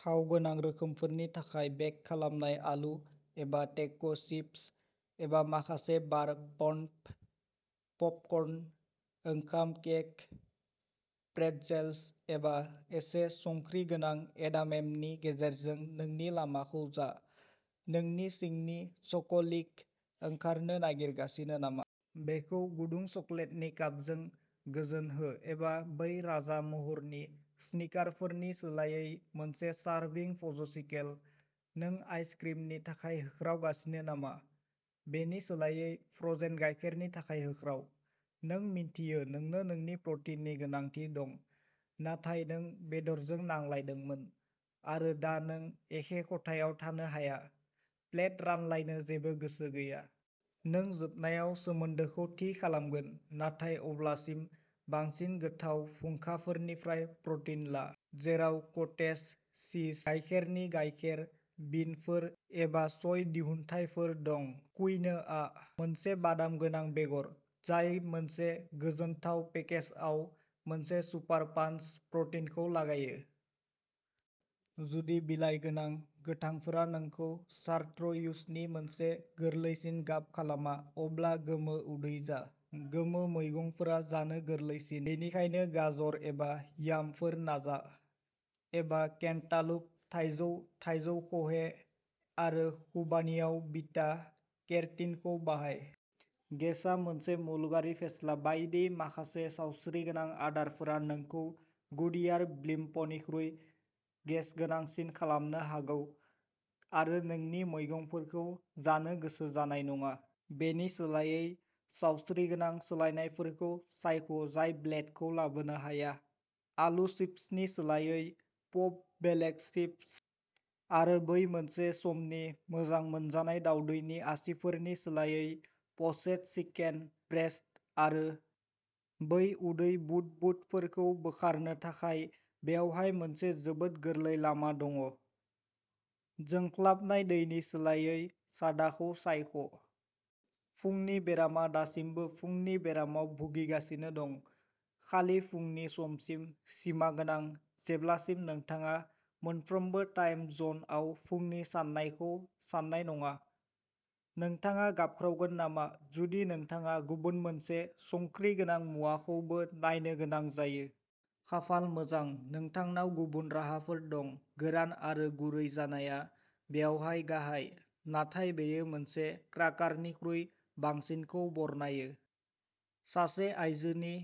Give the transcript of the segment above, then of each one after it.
थाव गोनां रोखोमफोरनि थाखाय बेक खालामनाय आलु एबा टेक' चिप्स एबा माखासे बार पन्ड पपकर्न, ओंखाम केक, प्रेटजेल्स, एबा एसे संख्रि गोनां एडामेमनि गेजेरजों नोंनि लामाखौ जा। नोंनि सिंनि चक'हलिकआ ओंखारनो नागिरगासिनो नामा? बेखौ गुदुं चकलेटनि कापजों गोजोन हो एबा बै राजा महरनि स्निकारफोरनि सोलायै मोनसे सारभिं फजसिकेल। नों आइसक्रिमनि थाखाय होख्रावगासिनो नामा? बेनि सोलायै फ्र'जेन गाइखेरनि थाखाय होख्राव। नों मिन्थियो नोंनो नोंनि प्र'टिननि गोनांथि दं, नाथाय नों बेदरजों नांलायदोंमोन आरो दा नों एखे खथायाव थानो हाया, प्लेट रानलायनो जेबो गोसो गैया। नों जोबनायाव सोमोन्दोखौ थि खालामगोन, नाथाय अब्लासिम, बांसिन गोथाव फुंखाफोरनिफ्राय प्र'टिन ला, जेराव कटेज चीज, गाइखेरनि गाइखेर, बिनफोर, एबा सय दिहुनथायफोर दं क्विनोआ, मोनसे बादाम गोनां बेगर जाय मोनसे गोजोनथाव पेकेजाव मोनसे सुपार पाञ्च प्रटिनखौ लागायो। जुदि बिलाइ गोनां गोथांफोरा नोंखौ चार्ट्र्यूजनि मोनसे गोरलैसिन गाब खालामा, अब्ला गोमो उदै जा। गोमो मैगंफोरा जानो गोरलैसिन, बेनिखायनो गाजर एबा यामफोर नाजा, एबा केन्टालुप, थाइजौ, थाइजौ खहे आरो खुबानीआव बिटा केरटिनखौ बाहाय। गेसा मोनसे मुलुगारि फेस्ला बायदि माखासे सावस्रिगोनां आदारफोरा नोंखौ गुडइयार ब्लिम्पनिख्रुइ गेस गोनांसिन खालामनो हागौ आरो नोंनि मैगंफोरखौ जानो गोसो जानाय नङा। बेनि सोलायै सावस्रिगोनां सोलायनायफोरखौ सायख' जाय ब्लेटखौ लाबोनो हाया। आलु चिप्सनि सोलायै पप बेगेल चिप्स आरो बै मोनसे समनि मोजां मोनजानाय दावदैनि आसिफोरनि सोलायै प'चेद चिकेन ब्रेस्ट आरो बै उदै बुदबुदफोरखौ बोखारनो थाखाय बेवहाय मोनसे जोबोद गोरलै लामा दङ' जोंख्लाबनाय दैनि सोलायै, सादाखौ सायख'। फुंनि बेरामा दासिमबो फुंनि बेरामाव भुगिगासिनो दं। खालि फुंनि समसिम सिमागोनां, जेब्लासिम नोंथाङा मोनफ्रोमबो टाइम जनआव फुंनि साननायखौ सान्नाय नङा? नोंथाङा गाबख्रावगोन नामा, जुदि नोंथाङा गुबुन मोनसे संख्रि गोनां मुवाखौबो नायनो गोनां जायो? खाफाल मोजां, नोंथांनाव गुबुन राहाफोर दं। गोरान आरो गुरै जानाया बेवहाय गाहाय, नाथाय बेयो मोनसे क्राकारनिख्रुइ बांसिनखौ बरनायो। सासे आइजोनि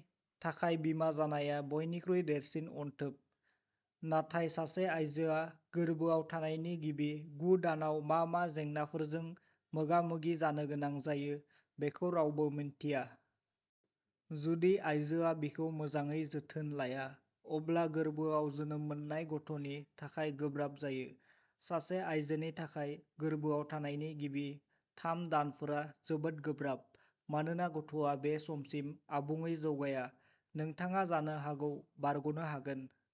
थाखाय बिमा जानाया बयनिख्रुइ देरसिन अनथोब। नाथाय सासे आइजोआ गोर्बोआव थानायनि गिबि गु दानाव मा मा जेंनाफोरजों मोगा मोगि जानो गोनां जायो बेखौ रावबो मिन्थिया। जुदि आइजोआ बिखौ मोजाङै जोथोन लाया, अब्ला गोरबोआव जोनोम मोननाय गथ'नि थाखाय गोब्राब जायो। सासे आइजोनि थाखाय, गोर्बोआव थानायनि गिबि थाम दानफोरा जोबोद गोब्राब मानोना गथ'आ बे समसिम आबुङै जौगाया। नोंथाङा जानो हागौ बारग'नो हागोन।